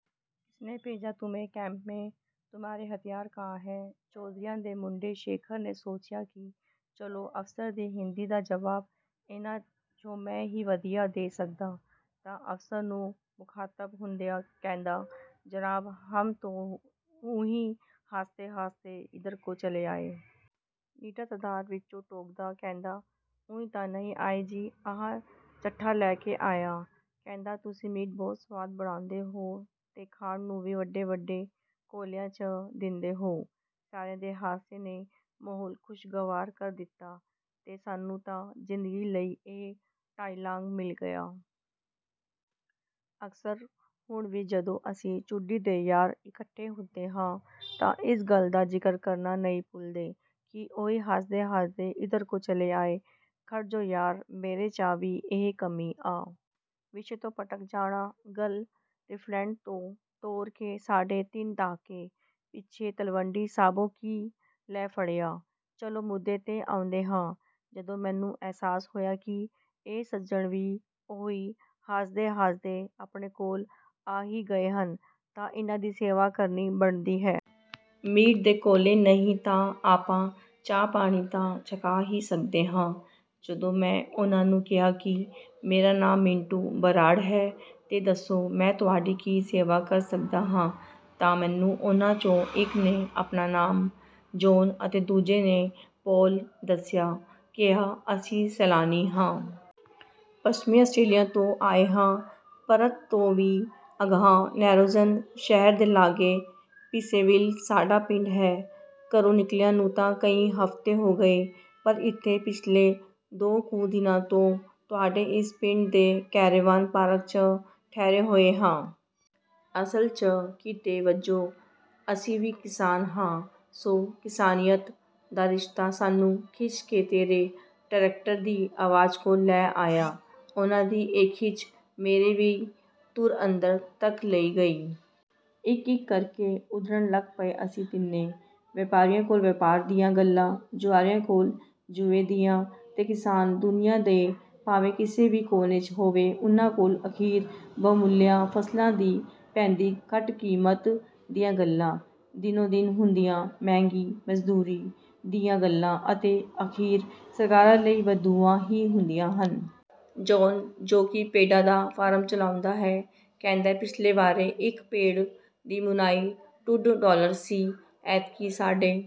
ਕਿਸ ਨੇ ਭੇਜਾ ਤੁਮੇ ਕੈਂਪ ਮੈਂ? ਤੁਮਾਰੇ ਹਥਿਆਰ ਕਹਾਂ ਹੈ? ਚੌਧਰੀਆਂ ਦੇ ਮੁੰਡੇ ਸ਼ੇਖਰ ਨੇ ਸੋਚਿਆ ਕਿ ਚਲੋ ਅਫ਼ਸਰ ਦੀ ਹਿੰਦੀ ਦਾ ਜਵਾਬ ਇਹਨਾਂ 'ਚੋਂ ਮੈਂ ਹੀ ਵਧੀਆ ਦੇ ਸਕਦਾ। ਤਾਂ ਅਫ਼ਸਰ ਨੂੰ ਮੁਖ਼ਾਤਬ ਹੁੰਦਿਆਂ ਕਹਿੰਦਾ, "ਜਨਾਬ, ਹਮ ਤੋ ਊਂਈ ਹਾਸਤੇ-ਹਾਸਤੇ ਇੱਧਰ ਕੋ ਚਲੇ ਆਏ।" ਨੀਟਾ ਸਰਦਾਰ ਵਿਚੋਂ ਟੋਕਦਾ ਕਹਿੰਦਾ, "ਊਈ ਤਾਂ ਨਹੀਂ ਆਏ ਜੀ, ਆਹ ਚੱਠਾ ਲੈ ਕੇ ਆਇਆ। ਕਹਿੰਦਾ, ਤੁਸੀਂ ਮੀਟ ਬਹੁਤ ਸਵਾਦ ਬਣਾਉਂਦੇ ਹੋ ਤੇ ਖਾਣ ਨੂੰ ਵੀ ਵੱਡੇ-ਵੱਡੇ ਕੌਲਿਆਂ 'ਚ ਦਿੰਦੇ ਹੋ।" ਸਾਰਿਆਂ ਦੇ ਹਾਸੇ ਨੇ ਮਾਹੌਲ ਖ਼ੁਸ਼ਗਵਾਰ ਕਰ ਦਿੱਤਾ ਤੇ ਸਾਨੂੰ ਤਾਂ ਜ਼ਿੰਦਗੀ ਲਈ ਇਹ ਡਾਇਲਾਗ ਮਿਲ ਗਿਆ। ਅਕਸਰ ਹੁਣ ਵੀ, ਜਦੋਂ ਅਸੀਂ ਜੁੰਡੀ ਦੇ ਯਾਰ ਇਕੱਠੇ ਹੁੰਦੇ ਹਾਂ, ਤਾਂ ਇਸ ਗੱਲ ਦਾ ਜ਼ਿਕਰ ਕਰਨਾ ਨਹੀਂ ਭੁੱਲਦੇ ਕਿ, "ਊਂਈ ਹਾਸਤੇ-ਹਾਸਤੇ ਇੱਧਰ ਕੋ ਚਲੇ ਆਏ।" ਖੜ੍ਹ ਜੋ ਯਾਰ! ਮੇਰੇ 'ਚ ਵੀ ਇਹ ਕਮੀ ਆ। ਵਿਸ਼ੇ ਤੋਂ ਭਟਕ ਜਾਣਾ। ਗੱਲ ਰਿਵਰਲੈਂਡ ਤੋਂ ਤੋਰ ਕੇ ਸਾਢੇ ਤਿੰਨ ਦਹਾਕੇ ਪਿੱਛੇ 'ਤਲਵੰਡੀ ਸਾਬੋ ਕੀ' ਲੈ ਵੜਿਆ। ਚਲੋ, ਮੁੱਦੇ 'ਤੇ ਆਉਂਦੇ ਹਾਂ। ਜਦੋਂ ਮੈਨੂੰ ਅਹਿਸਾਸ ਹੋਇਆ ਕਿ ਇਹ ਸੱਜਣ ਵੀ ਊਈ ਹਾਸਤੇ-ਹਾਸਤੇ ਆਪਣੇ ਕੋਲ ਆ ਹੀ ਗਏ ਹਨ, ਤਾਂ ਇਹਨਾਂ ਦੀ ਸੇਵਾ ਕਰਨੀ ਬਣਦੀ ਹੈ। ਮੀਟ ਦੇ ਕੌਲੇ ਨਹੀਂ ਤਾਂ ਆਪਾਂ ਚਾਹ-ਪਾਣੀ ਤਾਂ ਛਕਾ ਹੀ ਸਕਦੇ ਹਾਂ। ਜਦੋਂ ਮੈਂ ਉਹਨਾਂ ਨੂੰ ਕਿਹਾ ਕਿ, "ਮੇਰਾ ਨਾਂ ਮਿੰਟੂ ਬਰਾੜ ਹੈ ਤੇ ਦੱਸੋ, ਮੈਂ ਤੁਹਾਡੀ ਕੀ ਸੇਵਾ ਕਰ ਸਕਦਾ ਹਾਂ।" ਤਾਂ ਮੈਨੂੰ ਉਹਨਾਂ 'ਚੋਂ ਇਕ ਨੇ ਆਪਣਾ ਨਾਮ ਜੌਨ ਅਤੇ ਦੂਜੇ ਨੇ ਪਾਲ ਦੱਸਦਿਆਂ ਕਿਹਾ, "ਅਸੀਂ ਸੈਲਾਨੀ ਹਾਂ। ਪੱਛਮੀ ਆਸਟ੍ਰੇਲੀਆ ਤੋਂ ਆਏ ਹਾਂ। ਪਰਥ ਤੋਂ ਵੀ ਅਗਾਂਹ ਨੈਰੋਜਨ ਸ਼ਹਿਰ ਦੇ ਲਾਗੇ ਪਿਸੇਵਿਲ ਸਾਡਾ ਪਿੰਡ ਹੈ। ਘਰੋਂ ਨਿਕਲਿਆਂ ਨੂੰ ਤਾਂ ਕਈ ਹਫ਼ਤੇ ਹੋ ਗਏ, ਪਰ ਇੱਥੇ ਪਿਛਲੇ ਦੋ ਕੁ ਦਿਨਾਂ ਤੋਂ ਤੁਹਾਡੇ ਇਸ ਪਿੰਡ ਦੇ ਕੈਰੇਵਾਨ ਪਾਰਕ 'ਚ ਠਹਿਰੇ ਹੋਏ ਹਾਂ। ਅਸਲ 'ਚ ਕਿੱਤੇ ਵਜੋਂ ਅਸੀਂ ਵੀ ਕਿਸਾਨ ਹਾਂ। ਸੋ ਕਿਸਾਨੀਅਤ ਦਾ ਰਿਸ਼ਤਾ ਸਾਨੂੰ ਖਿੱਚ ਕੇ ਤੇਰੇ ਟਰੈਕਟਰ ਦੀ ਆਵਾਜ਼ ਕੋਲ ਲੈ ਆਇਆ।" ਉਹਨਾਂ ਦੀ ਇਹ ਖਿੱਚ ਮੇਰੇ ਵੀ ਧੁਰ ਅੰਦਰ ਤੱਕ ਲਹਿ ਗਈ। ਇਕ-ਇਕ ਕਰ ਕੇ ਉੱਧੜਨ ਲੱਗ ਪਏ ਅਸੀਂ ਤਿੰਨੇ। ਵਪਾਰੀਆਂ ਕੋਲ ਵਪਾਰ ਦੀਆਂ ਗੱਲਾਂ, ਜੁਆਰੀਆਂ ਕੋਲ ਜੂਏ ਦੀਆਂ ਤੇ ਕਿਸਾਨ, ਦੁਨੀਆ ਦੇ ਭਾਵੇਂ ਕਿਸੇ ਵੀ ਕੋਨੇ 'ਚ ਹੋਵੇ, ਉਹਨਾਂ ਕੋਲ ਅਖੀਰ ਬਹੁਮੁੱਲੀਆਂ ਫ਼ਸਲਾਂ ਦੀ ਪੈਂਦੀ ਘਟ ਕੀਮਤ ਦੀਆਂ ਗੱਲਾਂ, ਦਿਨੋਂ-ਦਿਨ ਹੁੰਦੀ ਮਹਿੰਗੀ ਮਜ਼ਦੂਰੀ ਦੀਆਂ ਗੱਲਾਂ ਅਤੇ ਅਖੀਰ ਸਰਕਾਰਾਂ ਲਈ ਬਦਦੁਆਵਾਂ ਹੀ ਹੁੰਦੀਆਂ ਹਨ। ਜੌਨ, ਜੋ ਕਿ ਭੇਡਾਂ ਦਾ ਫਾਰਮ ਚਲਾਉਂਦਾ ਹੈ, ਕਹਿੰਦਾ, "ਪਿਛਲੇ ਵਰ੍ਹੇ ਇਕ ਭੇਡ ਦੀ ਮੁਨਾਈ ਡੂਢ ਡਾਲਰ ਸੀ ਤੇ ਐਤਕੀਂ ਸਾਢੇ..."